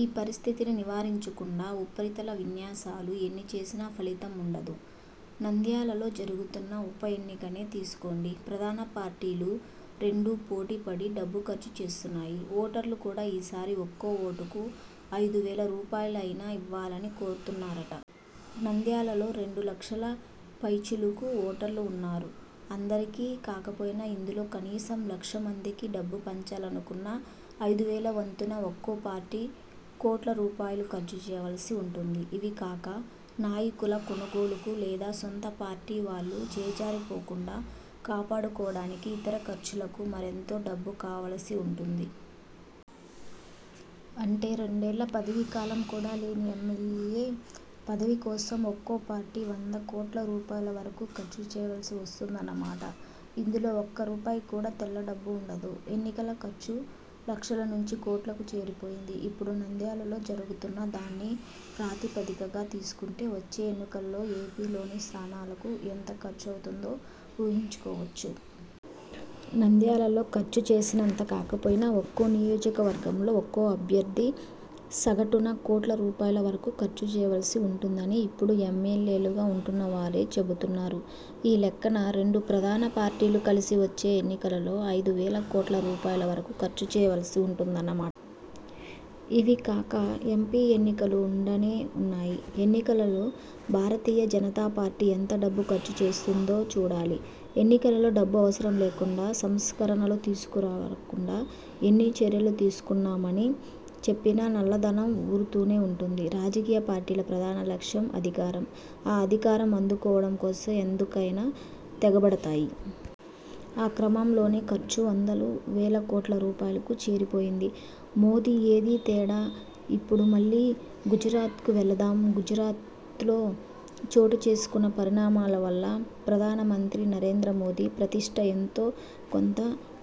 ఈ పరిస్థితిని నివారించకుండా ఉపరితల విన్యాసాలు ఎన్ని చేసినా ఫలితం ఉండదు. నంద్యాలలో జరుగుతున్న ఉప ఎన్నికనే తీసుకోండి. ప్రధాన పార్టీలు రెండూ పోటీ పడి డబ్బు ఖర్చు చేస్తున్నాయి. ఓటర్లు కూడా ఈసారి ఒక్కో ఓటుకు అయిదు వేల రూపాయలు అయినా ఇవ్వాలని కోరుతున్నారట! నంద్యాలలో రెండు లక్షల పైచిలుకు ఓటర్లు ఉన్నారు. అందరికీ కాకపోయినా ఇందులో కనీసం లక్ష మందికి డబ్బు పంచాలనుకున్నా అయిదు వేల వంతున ఒక్కో పార్టీ కోట్ల రూపాయలు ఖర్చు చేయవలసి ఉంటుంది. ఇవి కాక నాయకుల కొనుగోలుకు లేదా సొంత పార్టీవాళ్లు చేజారిపోకుండా కాపాడుకోవడానికి ఇతర ఖర్చులకు మరెంతో డబ్బు కావలసి ఉంటుంది. అంటే రెండేళ్ల పదవీకాలం కూడా లేని ఎమ్మెల్యే పదవి కోసం ఒక్కో పార్టీ వంద కోట్ల రూపాయల వరకు ఖర్చు చేయవలసి వస్తోందన్న మాట! ఇందులో ఒక్క రూపాయి కూడా తెల్ల డబ్బు ఉండదు. ఎన్నికల ఖర్చు లక్షల నుంచి కోట్లకు చేరిపోయింది. ఇప్పుడు నంద్యాలలో జరుగుతున్న దాన్ని ప్రాతిపదికగా తీసుకుంటే వచ్చే ఎన్నికలలో ఏపీలోని స్థానాలకు ఎంత ఖర్చు అవుతుందో ఊహించుకోవచ్చు. నంద్యాలలో ఖర్చు చేసినంత కాకపోయినా ఒక్కో నియోజకవర్గంలో ఒక్కో అభ్యర్థీ సగటున కోట్ల రూపాయల వరకు ఖర్చు చేయవలసి ఉంటుందని ఇప్పుడు ఎమ్మెల్యేలుగా ఉంటున్నవారే చెబుతున్నారు. ఈ లెక్కన రెండు ప్రధాన పార్టీలూ కలిసి వచ్చే ఎన్నికలలో అయిదు వేల కోట్ల రూపాయల వరకు ఖర్చు చేయవలసి ఉంటుందన్న మాట! ఇవికాక ఎంపీ ఎన్నికలు ఉండనే ఉన్నాయి. ఎన్నికలలో భారతీయ జనతా పార్టీ ఎంత డబ్బు ఖర్చు చేస్తుందో చూడాలి! ఎన్నికలలో డబ్బు అవసరం లేకుండా సంస్కరణలు తీసుకురాకుండా ఎన్ని చర్యలు తీసుకున్నామని చెప్పినా నల్లధనం ఊరుతూనే ఉంటుంది. రాజకీయ పార్టీల ప్రధాన లక్ష్యం అధికారం. ఆ అధికారం అందుకోవడం కోసం ఎంతకైనా తెగబడతాయి. ఆ క్రమంలోనే ఖర్చు వందలు, వేల కోట్ల రూపాయలకు చేరిపోయింది. మోదీ ఏదీ తేడా? ఇప్పుడు మళ్లీ గుజరాత్కు వెళదాం! గుజరాత్లో చోటుచేసుకున్న పరిణామాల వల్ల ప్రధానమంత్రి నరేంద్ర మోదీ ప్రతిష్ఠ ఎంతో కొంత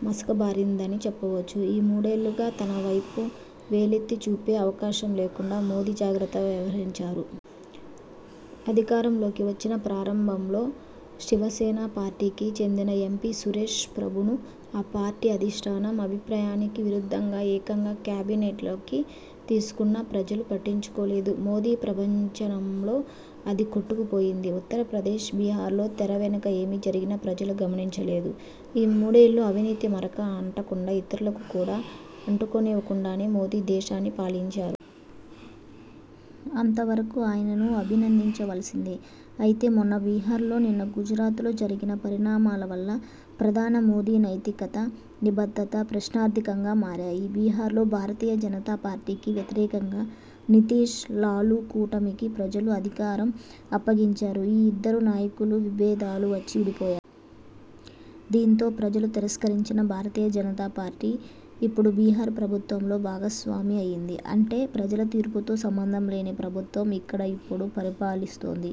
మసకబారిందని చెప్పవచ్చు. ఈ మూడేళ్లుగా తనవైపు వేలెత్తి చూపే అవకాశం లేకుండా మోదీ జాగ్రత్తగా వ్యవహరించారు. అధికారంలోకి వచ్చిన ప్రారంభంలో శివసేన పార్టీకి చెందిన ఎంపీ సురేశ్ ప్రభును ఆ పార్టీ అధిష్ఠానం అభిప్రాయానికి విరుద్ధంగా ఏకంగా కేబినెట్లోకి తీసుకున్నా ప్రజలు పట్టించుకోలేదు. మోదీ ప్రభంజనంలో అది కొట్టుకుపోయింది. ఉత్తరప్రదేశ్– బిహార్లో తెర వెనుక ఏమి జరిగినా ప్రజలు గమనించలేదు. ఈ మూడేళ్లూ అవినీతి మరక అంటకుండా, ఇతరులకు కూడా అంటుకోనివ్వకుండానే మోదీ దేశాన్ని పాలించారు. అంతవరకు ఆయనను అభినందించవలసిందే! అయితే మొన్న బిహార్లో, నిన్న గుజరాత్లో జరిగిన పరిణామాల వల్ల ప్రధాని మోదీ నైతికత, నిబద్ధత ప్రశ్నార్థకంగా మారాయి. బిహార్లో భారతీయ జనతా పార్టీకి వ్యతిరేకంగా నితీశ్– లాలూ కూటమికి ప్రజలు అధికారం అప్పగించారు. ఈ ఇద్దరు నాయకులూ విభేదాలు వచ్చి విడిపోయారు. దీంతో ప్రజలు తిరస్కరించిన భారతీయ జనతా పార్టీ ఇప్పుడు బిహార్ ప్రభుత్వంలో భాగస్వామి అయ్యింది. అంటే ప్రజల తీర్పుతో సంబంధం లేని ప్రభుత్వం అక్కడ ఇప్పుడు పరిపాలిస్తోంది.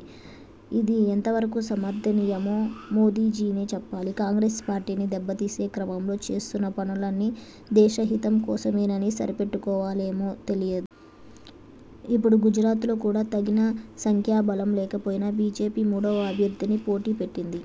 ఇది ఎంతవరకు సమర్థనీయమో మోదీజీనే చెప్పాలి. కాంగ్రెస్ పార్టీని దెబ్బతీసే క్రమంలో చేస్తున్న పనులన్నీ దేశహితం కోసమేనని సరిపెట్టుకోవాలేమో తెలియదు. ఇప్పుడు గుజరాత్లో కూడా తగిన సంఖ్యాబలం లేకపోయినా బీజేపీ మూడవ అభ్యర్థిని పోటీ పెట్టింది.